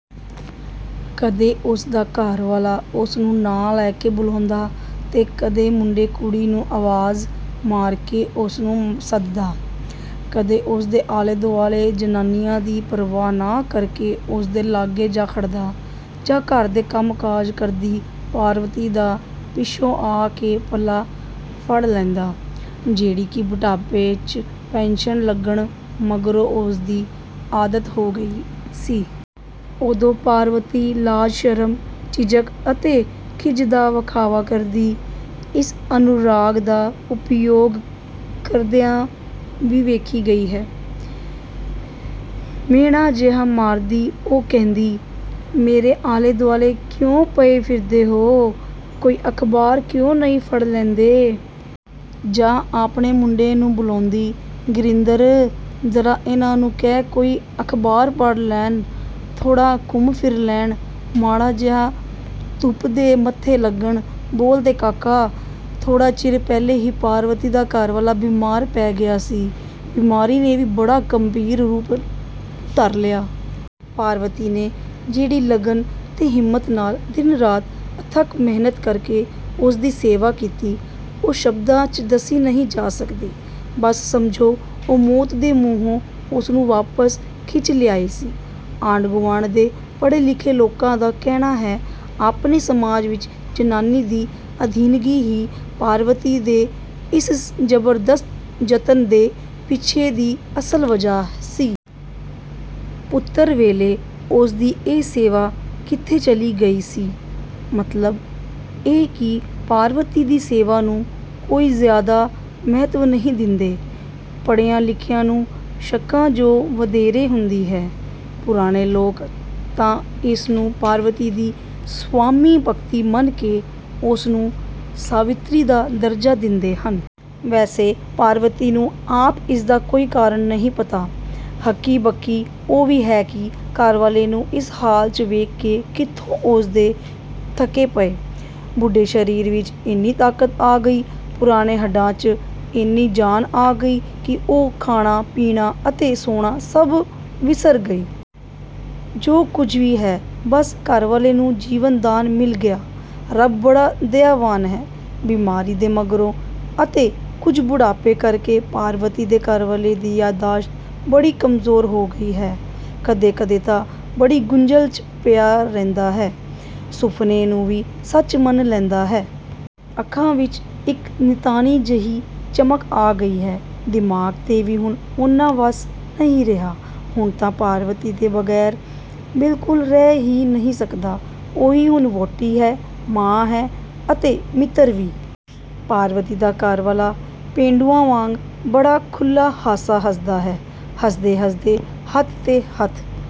ਕਦੇ ਉਸਦਾ ਘਰਵਾਲਾ ਉਸਨੂੰ ਨਾਂ ਲੈ ਕੇ ਬੁਲਾਉਂਦਾ 'ਤੇ ਕਦੇ ਮੁੰਡੇ-ਕੁੜੀ ਨੂੰ ਅਵਾਜ਼ ਮਾਰ ਕੇ ਉਸਨੂੰ ਸੱਦਦਾ। ਕਦੇ ਉਹਦੇ ਆਲੇ-ਦੁਆਲੇ ਜਨਾਨੀਆਂ ਦੀ ਪਰਵਾਹ ਨਾ ਕਰਕੇ ਉਸਦੇ ਲਾਗੇ ਜਾ ਖੜ੍ਹਦਾ, ਜਾਂ ਘਰ ਦੇ ਕੰਮ-ਕਾਜ ਕਰਦੀ ਪਾਰਵਤੀ ਦਾ ਪਿੱਛੋਂ ਆ ਕੇ ਪੱਲਾ ਫੜ ਲੈਂਦਾ, ਜਿਹੜੀ ਕਿ ਬੁਢਾਪੇ 'ਚ ਪੈਨਸ਼ਨ ਲੱਗਣ ਮਗਰੋਂ ਉਸਦੀ ਆਦਤ ਹੋ ਗਈ ਸੀ। ਉਦੋਂ ਪਾਰਵਤੀ ਲਾਜ-ਸ਼ਰਮ, ਝਿਝਕ ਅਤੇ ਖਿੱਝ ਦਾ ਵਖਾਵਾ ਕਰਦੀ, ਇਸ ਅਨੁਰਾਗ ਦਾ ਉਪਯੋਗ ਕਰਦਿਆਂ ਵੀ ਵੇਖੀ ਗਈ ਹੈ। ਮਿਹਣਾ ਜਿਹਾ ਮਾਰਦੀ ਉਹ ਕਹਿੰਦੀ, "ਮੇਰੇ ਆਲੇ-ਦੁਆਲੇ ਕਿਉਂ ਪਏ ਫਿਰਦੇ ਹੋ? ਕੋਈ ਅਖ਼ਬਾਰ ਕਿਉਂ ਨਹੀਂ ਫੜ ਲੈਂਦੇ?" ਜਾਂ ਆਪਣੇ ਮੁੰਡੇ ਨੂੰ ਬੁਲਾਉਂਦੀ "ਗਿਰਿੰਦਰ, ਜ਼ਰਾ ਇਨ੍ਹਾਂ ਨੂੰ ਕਹਿ ਕੋਈ ਅਖ਼ਬਾਰ ਪੜ੍ਹ ਲੈਣ, ਥੋੜ੍ਹਾ ਘੁੰਮ-ਫਿਰ ਲੈਣ, ਮਾੜਾ ਜਿਹਾ ਧੁੱਪ ਦੇ ਮੱਥੇ ਲੱਗਣ, ਬੋਲ ਦੇ ਕਾਕਾ!" ਥੋੜ੍ਹਾ ਚਿਰ ਪਹਿਲੇ ਹੀ ਪਾਰਵਤੀ ਦਾ ਘਰਵਾਲਾ ਬਿਮਾਰ ਪੈ ਗਿਆ ਸੀ, ਬਿਮਾਰੀ ਨੇ ਵੀ ਬੜਾ ਗੰਭੀਰ ਰੂਪ ਧਰ ਲਿਆ। ਪਾਰਵਤੀ ਨੇ ਜਿਹੜੀ ਲਗਨ 'ਤੇ ਹਿੰਮਤ ਨਾਲ਼ ਦਿਨ-ਰਾਤ ਅਥੱਕ ਮਿਹਨਤ ਕਰਕੇ ਉਸਦੀ ਸੇਵਾ ਕੀਤੀ ਉਹ ਸ਼ਬਦਾਂ 'ਚ ਦੱਸੀ ਨਹੀਂ ਜਾ ਸਕਦੀ। ਬੱਸ ਸਮਝੋ, ਉਹ ਮੌਤ ਦੇ ਮੂੰਹੋਂ ਉਸਨੂੰ ਵਾਪਸ ਖਿੱਚ ਲਿਆਈ ਸੀ। ਆਂਢ-ਗੁਆਂਢ ਦੇ ਪੜ੍ਹੇ-ਲਿਖੇ ਲੋਕਾਂ ਦਾ ਕਹਿਣਾ ਹੈ, ਆਪਣੇ ਸਮਾਜ ਵਿੱਚ ਜਨਾਨੀ ਦੀ ਅਧੀਨਗੀ ਹੀ ਪਾਰਵਤੀ ਦੇ ਇਸ ਜ਼ਬਰਦਸਤ ਜਤਨ ਦੇ ਪਿੱਛੇ ਦੀ ਅਸਲ ਵਜ੍ਹਾ ਸੀ। ਪੁੱਤਰ ਵੇਲੇ ਉਸਦੀ ਇਹ ਸੇਵਾ ਕਿੱਥੇ ਚਲੀ ਗਈ ਸੀ? ਮਤਲਬ ਇਹ ਕਿ ਪਾਰਵਤੀ ਦੀ ਸੇਵਾ ਨੂੰ ਕੋਈ ਜ਼ਿਆਦਾ ਮਹੱਤਵ ਨਹੀਂ ਦਿੰਦੇ; ਪੜ੍ਹਿਆਂ-ਲਿਖਿਆਂ ਨੂੰ ਸ਼ੰਕਾ ਜੋ ਵਧੇਰੇ ਹੁੰਦੀ ਹੈ। ਪੁਰਾਣੇ ਲੋਕ ਤਾਂ ਇਸਨੂੰ ਪਾਰਵਤੀ ਦੀ ਸਵਾਮੀ-ਭਕਤੀ ਮੰਨ ਕੇ ਉਸਨੂੰ ਸਾਵਿਤਰੀ ਦਾ ਦਰਜਾ ਦਿੰਦੇ ਹਨ। ਵੈਸੇ ਪਾਰਵਤੀ ਨੂੰ ਆਪ ਇਸਦਾ ਕੋਈ ਕਾਰਣ ਨਹੀਂ ਪਤਾ। ਹੱਕੀ-ਬੱਕੀ ਉਹ ਵੀ ਹੈ ਕਿ ਘਰਵਾਲੇ ਨੂੰ ਇਸ ਹਾਲ 'ਚ ਵੇਖ ਕੇ ਕਿੱਥੋਂ ਉਸਦੇ ਥੱਕੇ ਪਏ, ਬੁੱਢੇ ਸ਼ਰੀਰ ਵਿੱਚ ਇੰਨੀ ਤਾਕਤ ਆ ਗਈ, ਪੁਰਾਣੇ ਹੱਡਾਂ 'ਚ ਇੰਨੀ ਜਾਨ ਆ ਗਈ ਕਿ ਉਹ ਖਾਣਾ, ਪੀਣਾ ਅਤੇ ਸੌਣਾ ਸਭ ਵਿਸਰ ਗਈ। ਜੋ ਕੁੱਝ ਵੀ ਹੈ, ਬੱਸ ਘਰਵਾਲੇ ਨੂੰ ਜੀਵਨਦਾਨ ਮਿਲ ਗਿਆ; ਰੱਬ ਬੜਾ ਦਇਆਵਾਨ ਹੈ! ਬਿਮਾਰੀ ਦੇ ਮਗਰੋਂ, ਅਤੇ ਕੁੱਝ ਬੁਢਾਪੇ ਕਰਕੇ ਪਾਰਵਤੀ ਦੇ ਘਰਵਾਲੇ ਦੀ ਯਾਦਾਸ਼ਤ ਬੜੀ ਕਮਜ਼ੋਰ ਹੋ ਗਈ ਹੈ। ਕਦੇ-ਕਦੇ ਤਾਂ ਬੜੀ ਗੁੰਝਲ 'ਚ ਪਿਆ ਰਹਿੰਦਾ ਹੈ, ਸੁਫ਼ਨੇ ਨੂੰ ਵੀ ਸੱਚ ਮੰਨ ਲੈਂਦਾ ਹੈ। ਅੱਖਾਂ ਵਿੱਚ ਇੱਕ ਨਿਤਾਣੀ ਜਿਹੀ ਚਮਕ ਆ ਗਈ ਹੈ। ਦਿਮਾਗ 'ਤੇ ਵੀ ਹੁਣ ਓਨਾ ਵੱਸ ਨਹੀਂ ਰਿਹਾ। ਹੁਣ ਤਾਂ ਪਾਰਵਤੀ ਦੇ ਬਗ਼ੈਰ ਬਿਲਕੁਲ ਰਹਿ ਹੀ ਨਹੀਂ ਸਕਦਾ। ਉਹੀ ਹੁਣ ਵਹੁਟੀ ਹੈ, ਮਾਂ ਹੈ ਅਤੇ ਮਿੱਤਰ ਵੀ। ਪਾਰਵਤੀ ਦਾ ਘਰਵਾਲਾ ਪੇਂਡੂਆਂ ਵਾਂਗ ਬੜਾ ਖੁੱਲ੍ਹਾ ਹਾਸਾ ਹੱਸਦਾ ਹੈ, ਹੱਸਦੇ-ਹੱਸਦੇ ਹੱਥ 'ਤੇ ਹੱਥ